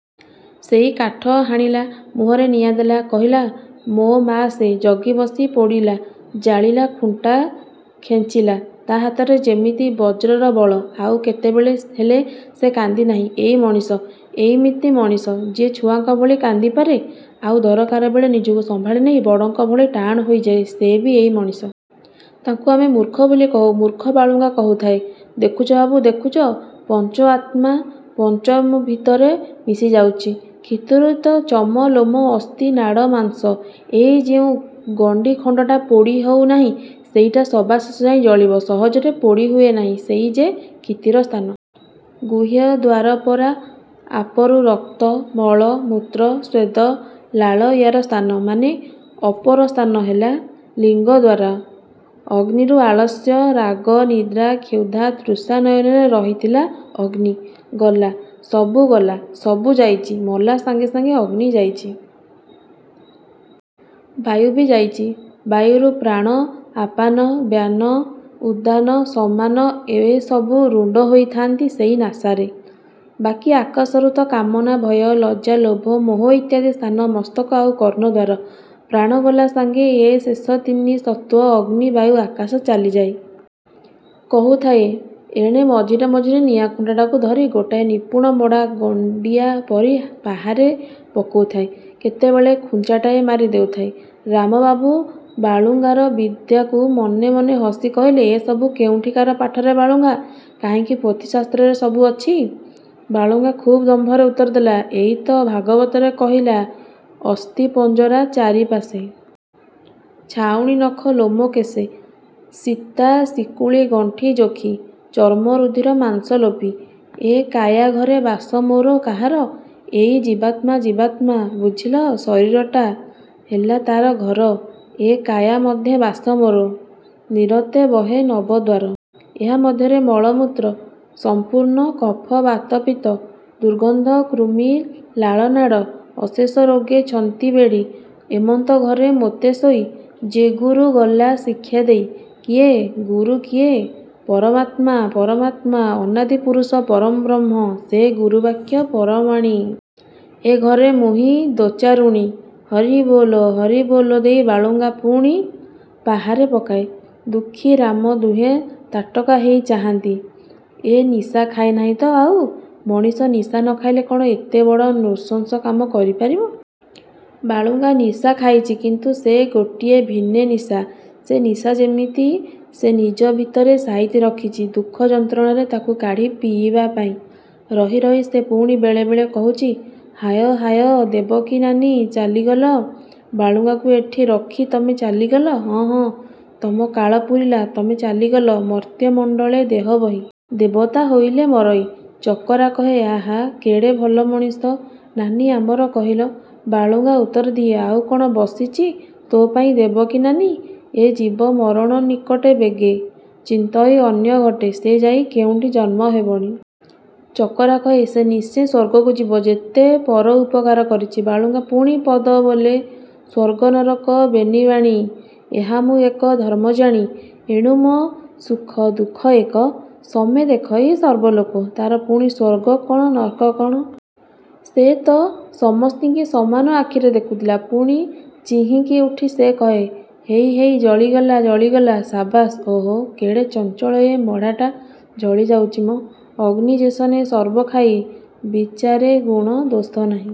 ସେଇ କାଠ ହାଣିଲା। ମୁହଁରେ ନିଆଁ ଦେଲା। କହିଲା ମୋ ମା ସେ। ଜଗିବସି ପୋଡ଼ିଲା ଜାଲିଲା ଖୁଣ୍ଟା ଖେଞ୍ଚିଲା। ତା' ହାତରେ ଯେମିତି ବଜ୍ରର ବଳ। ଆଉ କେତେବେଳେ ହେଲେ ସେ କାନ୍ଦି ନାହିଁ। ଏଇ ମଣିଷ। ଏଇମିତି ମଣିଷ। ଯିଏ ଛୁଆଙ୍କ ଭଳି କାନ୍ଦିପାରେ; ଆଉ ଦରକାରବେଳେ ନିଜକୁ ସମ୍ଭାଳି ନେଇ ବଡ଼ଙ୍କ ଭଳି ଟାଣ ହେଇଯାଏ ସେ ବି ଏଇ ମଣିଷ। ତାଙ୍କୁ ଆମେ ମୂର୍ଖ ବୋଲି କହୁ। ମୂର୍ଖ ବାଳୁଙ୍ଗା କହୁଥାଏ ଦେଖୁଛ ବାବୁ ଦେଖୁଛ ପଞ୍ଚ ଆତ୍ମା ପଞ୍ଚ ଭିତରେ ମିଶିଯାଉଚି। କ୍ଷିତିରୁ ତ ଚମ, ଲୋମ, ଅସ୍ଥି, ନାଡ଼, ମାଂସ। ଏଇ ଯେଉଁ ଗଣ୍ଡି ଖଣ୍ଡଟା ପୋଡ଼ି ହଉ ନାହିଁ ସେଇଟା ସବା ଶେଷଯାଏଁ ଜଳିବ ସହଜରେ ପୋଡ଼ି ହୁଏ ନାହିଁ ସେଇ ଯେ କ୍ଷିତିର ସ୍ଥାନ। ଗୁହ୍ୟ ଦ୍ୱାର ପରା ଆପରୁ ରକ୍ତ, ମଳ, ମୂତ୍ର, ସ୍ୱେଦ, ଲାଳ ୟାର ସ୍ଥାନ, ମାନେ ଅପର ସ୍ଥାନ ହେଲା ଲିଙ୍ଗଦ୍ୱାର। ଅଗ୍ନିରୁ ଆଳସ୍ୟ, ରାଗ, ନିଦ୍ରା, କ୍ଷୁଧା, ତୃଷା ନୟନରେ ରହିଥିଲା ଅଗ୍ନି। ଗଲା । ସବୁ ଗଲା। ସବୁ ଯାଇଚି। ମଲା ସାଙ୍ଗେ ସାଙ୍ଗେ ଅଗ୍ନି ଯାଇଛି। ବାୟୁବି ଯାଇଚି । ବାୟୁରୁ ପ୍ରାଣ, ଅପାନ, ବ୍ୟାନ, ଉଦାନ ସମାନ ଏ ସବୁ ରୁଣ୍ଡ ହୋଇଥାନ୍ତି ସେଇ ନାସାରେ। ବାକି ଆକାଶରୁ ତ କାମନା, ଭୟ, ଲଜ୍ଜା, ଲୋଭ, ମୋହ ଇତ୍ୟାଦି ସ୍ଥାନ ମସ୍ତକ ଆଉ କର୍ଣ୍ଣ ଦ୍ୱାର । ପ୍ରାଣ ଗଲା ସାଙ୍ଗେ ଏ ଶେଷ ତିନି ତତ୍ତ୍ୱ ଅଗ୍ନି ବାୟୁ ଆକାଶ ଚାଲିଯାଏ। କହୁଥାଏ, ଏଣେ ମଝିରେ ମଝିରେ ନିଆଁ ଖୁଣ୍ଟାଟାକୁ ଧରି ଗୋଟିଏ ନିପୁଣ ମଡ଼ା ଗଣ୍ଡିଆ ପରି ପାହାରେ ପକଉଥାଏ, କେତେବେଳେ ଖୁଞ୍ଚାଟାଏ ମାରି ଦେଉଥାଏ। ରାମବାବୁ ବାଳୁଙ୍ଗାର ବିଦ୍ୟାକୁ ମନେ ମନେ ହସି କହିଲେ ଏ ସବୁ କେଉଁଠିକା ପାଠରେ ବାଳୁଙ୍ଗା। କାହିଁକି ପୋଥି ଶାସ୍ତ୍ରରେ ସବୁ ଅଛି ବାଳୁଙ୍ଗା ଖୁବ୍ ଦମ୍ଭରେ ଉତ୍ତର ଦେଲା ଏଇ ତ ଭାଗବତରେ କହିଲା ଅସ୍ଥିପଞ୍ଜରା ଚାରିପାଶେ। ଛାଉଣୀ ନଖ ଲୋମ କେଶେ। ଶିତ୍ତା ଶିକୁଳି ଗଣ୍ଠି ଯୋଖି। ଚର୍ମ ରୁଧିର ମାଂସ ଲେପି। ଏ କାୟା ଘରେ ବାସ ମୋର କାହାର? ଏଇ ଜୀବାତ୍ମା ଜୀବାତ୍ମା। ବୁଝିଲ? ଶରୀରଟା। ହେଲା ତା'ର ଘର। ଏ କାୟା ମଧ୍ୟେ ବାସ ମୋର। ନିରତେ ବହେ ନବଦ୍ୱାର। ଏହା ମଧ୍ୟରେ ମଳ ମୂତ୍ର। ସମ୍ପୂର୍ଣ୍ଣ କଫ ବାତ ପିତ୍ତ। ଦୁର୍ଗନ୍ଧ କୃମି ଲାଳ ନାଡ଼। ଅଶେଷ ରୋଗେ ଛନ୍ତି ବେଢ଼ି। ଏମନ୍ତ ଘରେ ମୋତେ ଶୋଇ। ଯେ ଗୁରୁ ଗଲା ଶିକ୍ଷାଦେଇ। କିଏ? ଗୁରୁ କିଏ? ପରମାତ୍ମା, ପରମାତ୍ମା ଅନାଦିପୁରୁଷ ପରଂବ୍ରହ୍ମ ସେ ଗୁରୁ ବାକ୍ୟ ପରମାଣି। ଏ ଘରେ ମୁହିଁ ଦୋଚାରୁଣୀ। ହରିବୋଲ ହରିବୋଲ ଦେଇ ବାଳୁଙ୍ଗା ପୁଣି ପାହାରେ ପକାଏ। ଦୁଃଖୀ ରାମ ଦୁହେଁ ତାଟକା ହେଇ ଚାହାଁନ୍ତି। ଏ ନିଶା ଖାଇ ନାହିଁ ତ ଆଉ। ମଣିଷ ନିଶା ନ ଖାଇଲେ କ'ଣ ଏଡ଼େ ବଡ଼ ନୃଶଂସ କାମ କରି ପାରିବ? ବାଳୁଙ୍ଗା ନିଶା ଖାଇଛି। କିନ୍ତୁ ସେ ଗୋଟିଏ ଭିନେ ନିଶା। ସେ ନିଶା ଯେମିତି ସେ ନିଜ ଭିତରେ ସାଇତି ରଖିଚି ଦୁଃଖ ଯନ୍ତ୍ରଣାରେ ତାକୁ କାଢ଼ି ପିଇବାପାଇଁ। ରହି ରହି ସେ ପୁଣି ବେଳେବେଳେ କହୁଛି ହାୟ ହାୟ ଦେବକୀ ନାନୀ ଚାଲିଗଲ ବାଳୁଙ୍ଗାକୁ ଏଠି ରଖି ତମେ ଚାଲିଗଲ ହଁ ହଁ ତମ କାଳ ପୂରିଲା ତମେ ଚାଲିଗଲ ମର୍ତ୍ତ୍ୟମଣ୍ଡଳେ ଦେହବହି। ଦେବତା ହୋଇଲେ ମରଇ। ଚକରା କହେ ଆଃ କେଡ଼େ ଭଲ ମଣିଷ ନାନୀ ଆମର କହିଲ। ବାଳୁଙ୍ଗା ଉତ୍ତର ଦିଏ ଆଉ କ'ଣ ବସିଚି ତୋପାଇଁ ଦେବକୀ ନାନୀ ଏ ଜୀବ ମରଣ ନିକଟେ ବେଗେ। ଚିନ୍ତଇ ଅନ୍ୟ ଘଟେ। ସେ ଯାଇ କେଉଁଠି ଜନ୍ମ ହେବଣି। ଚକରା କହେ ସେ ନିଶ୍ଚେ ସ୍ୱର୍ଗକୁ ଯିବ ଯେତେ ପର ଉପକାର କରିଛି। ବାଳୁଙ୍ଗା ପୁଣି ପଦ ବୋଲେ ସ୍ୱର୍ଗ ନରକ ବେନିବାଣୀ। ଏହା ମୁଁ ଏକ ଧର୍ମ ଜାଣି। ଏଣୁ ମୋ ସୁଖ ଦୁଃଖ ଏକ। ସମେ ଦେଖଇ ସର୍ବଲୋକ। ତା'ର ପୁଣି ସ୍ୱର୍ଗ କ'ଣ ନର୍କ କ'ଣ। ସେ ତ ସମସ୍ତିଙ୍କି ସମାନ ଆଖିରେ ଦେଖୁଥିଲା। ପୁଣି ଚିହିଁକି ଉଠି ସେ କହେ ହେଇ ହେଇ ଜଳିଗଲା ଜଳିଗଲା ସାବାସ୍ ଓଃ କେଡ଼େ ଚଞ୍ଚଳ ଏ ମଢ଼ାଟା ଜଳି ଯାଉଚି ମ ଅଗ୍ନି ଯେସନେ ସର୍ବ ଖାଇ। ବିଚାରେ ଗୁଣ ଦୋଷ ନାହିଁ।